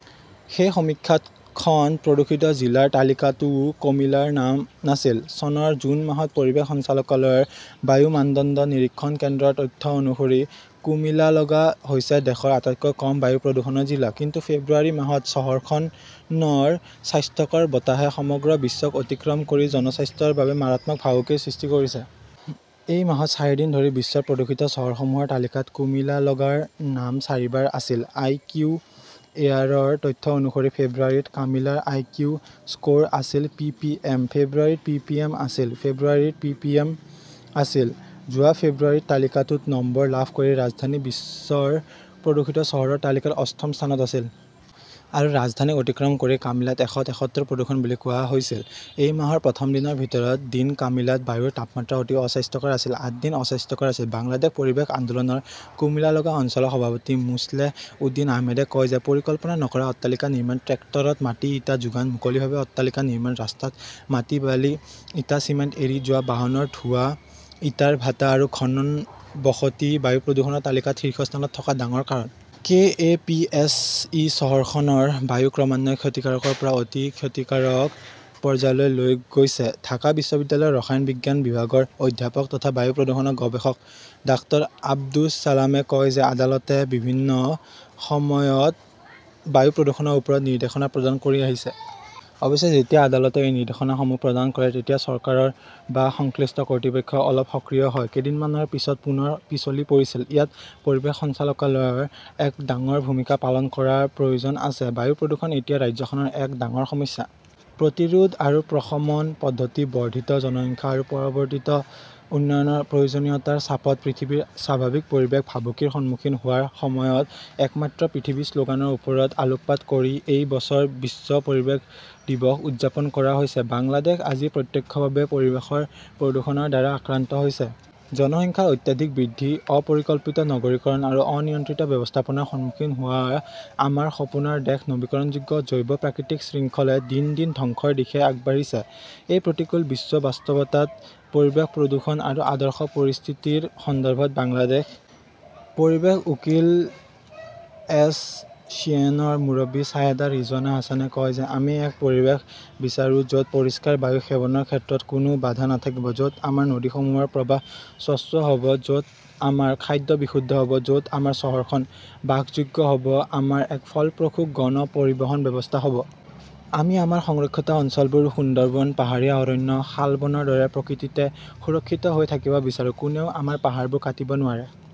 সেই সমীক্ষাত খন প্ৰদূষিত জিলাৰ তালিকাতও কমিলাৰ নাম নাছিল। চনৰ জুন মাহত পৰিৱেশ সঞ্চালকালয়ৰ বায়ু মানদণ্ড নিৰীক্ষণ কেন্দ্ৰৰ তথ্য অনুসৰি, কুমিলালগা হৈছে দেশৰ আটাইতকৈ কম বায়ু প্ৰদূষণৰ জিলা। কিন্তু ফেব্ৰুৱাৰী মাহত চহৰখনৰ স্বাস্থ্যকৰ বতাহে সমগ্ৰ বিশ্বক অতিক্ৰম কৰি জনস্বাস্থ্যৰ বাবে মাৰাত্মক ভাবুকিৰ সৃষ্টি কৰিছে। এই মাহত চাৰিদিন ধৰি বিশ্বৰ প্ৰদূষিত চহৰসমূহৰ তালিকাত কুমিলালগাৰ নাম চাৰিবাৰ আছিল। আইকিউ এয়াৰৰ তথ্য অনুসৰি ফেব্ৰুৱাৰীত কামিলাৰ আইকিউ স্ক "ৰ আছিল পিপিএম। ফেব্ৰুৱাৰীত পিপিএম আছিল, ফেব্ৰুৱাৰীত পিপিএম আছিল। যোৱা ফেব্ৰুৱাৰীত তালিকাটোত নম্বৰ লাভ কৰি ৰাজধানী বিশ্বৰ প্ৰদূষিত চহৰৰ তালিকাত অষ্টম স্থানত আছিল। আৰু ৰাজধানীক অতিক্ৰম কৰি কামিলাত এশ তেসত্তৰ প্ৰদূষণ বুলি কোৱা হৈছিল। এই মাহৰ প্ৰথম দিনৰ ভিতৰত দিন কামিলাত বায়ুৰ তাপমাত্ৰা অতি অস্বাস্থ্যকৰ আছিল। আঠ দিন অস্বাস্থ্যকৰ আছিল। বাংলাদেশ পৰিৱেশ আন্দোলনৰ কুমিলালগা অঞ্চলৰ সভাপতি মোছলেহ উদ্দীন আহমেদে কয় যে পৰিকল্পনা নকৰা অট্টালিকা নিৰ্মাণ, ট্ৰেক্টৰত মাটি-ইটা যোগান, মুকলিভাৱে অট্টালিকা নিৰ্মাণ, ৰাস্তাত মাটি বালি ইটা চিমেণ্ট এৰি যোৱা, বাহনৰ ধোঁৱা, ইটাৰ ভাটা আৰু ঘনবসতি বায়ু প্ৰদূষণৰ তালিকাত শীৰ্ষস্থানত থকাৰ ডাঙৰ কাৰণ। K A P S E চহৰখনৰ বায়ু ক্ৰমান্বয়ে ক্ষতিকাৰকৰ পৰা অতি ক্ষতিকাৰক পৰ্যায়লৈ লৈ গৈছে। ঢাকা বিশ্ববিদ্যালয়ৰ ৰসায়ন বিজ্ঞান বিভাগৰ অধ্যাপক তথা বায়ু প্ৰদূষণৰ গৱেষক ডাক্তৰ আব্দুছ ছালামে কয় যে আদালতে বিভিন্ন সময়ত বায়ু প্ৰদূষণৰ ওপৰত নিৰ্দেশনা প্ৰদান কৰি আহিছে। অৱশ্যে, যেতিয়া আদালতে এই নিৰ্দেশনাসমূহ প্ৰদান কৰে, তেতিয়া চৰকাৰ বা সংশ্লিষ্ট কৰ্তৃপক্ষই অলপ সক্ৰিয় হয়। কেইদিনমানৰ পিছত পুনৰ পিছলি পৰিছিল। ইয়াত পৰিৱেশ সঞ্চালকালয়ৰ এক ডাঙৰ ভূমিকা পালন কৰাৰ প্ৰয়োজন আছে। বায়ু প্ৰদূষণ এতিয়া ৰাজ্যখনৰ এক ডাঙৰ সমস্যা। প্ৰতিৰোধ আৰু প্ৰশমন পদ্ধতি বৰ্ধিত জনসংখ্যা আৰু পৰিৱৰ্তিত উন্নয়নৰ প্ৰয়োজনীয়তাৰ চাপত পৃথিৱীৰ স্বাভাৱিক পৰিৱেশ ভাবুকিৰ সন্মুখীন হোৱাৰ সময়ত একমাত্ৰ পৃথিৱী শ্লোগানৰ ওপৰত আলোকপাত কৰি এই বছৰ বিশ্ব পৰিৱেশ দিৱস উদযাপন কৰা হৈছে। বাংলাদেশ আজি প্ৰত্যক্ষভাৱে পৰিৱেশৰ প্ৰদূষণৰ দ্বাৰা আক্ৰান্ত হৈছে। জনসংখ্যাৰ অত্যাধিক বৃদ্ধি, অপৰিকল্পিত নগৰীকৰণ আৰু অনিয়ন্ত্ৰিত ব্যৱস্থাপনাৰ সন্মুখীন হোৱা আমাৰ সপোনৰ দেশ নৱীকৰণযোগ্য জৈৱ প্ৰাকৃতিক শৃংখলে দিন দিন ধ্বংসৰ দিশে আগবাঢ়িছে। এই প্ৰতিকূল বিশ্ব বাস্তৱতাত পৰিৱেশ প্ৰদূষণ আৰু আদৰ্শ পৰিস্থিতিৰ সন্দৰ্ভত বাংলাদেশ পৰিৱেশ উকিল এছ চিয়েশ্যনৰ মুৰব্বী ছায়েদা ৰিজৱানা হাছানে কয় যে আমি এনে এক পৰিৱেশ বিচাৰো য’ত পৰিষ্কাৰ বায়ু সেৱনৰ ক্ষেত্ৰত কোনো বাধা নাথাকিব, য’ত আমাৰ নদীসমূহৰ প্ৰবাহ স্বচ্ছ হ’ব, য’ত আমাৰ খাদ্য বিশুদ্ধ হ’ব, য’ত আমাৰ চহৰখন বাসযোগ্য হ’ব, আমাৰ এক ফলপ্ৰসূ গণ পৰিবহণ ব্যৱস্থা হ’ব। আমি আমাৰ সংৰক্ষিত অঞ্চলবোৰ-সুন্দৰবন, পাহাৰীয়া অৰণ্য, শালবনৰ দৰে-প্ৰকৃততে সুৰক্ষিত হৈ থাকিব বিচাৰো, কোনেও আমাৰ পাহাৰবোৰ কাটিব নোৱাৰে।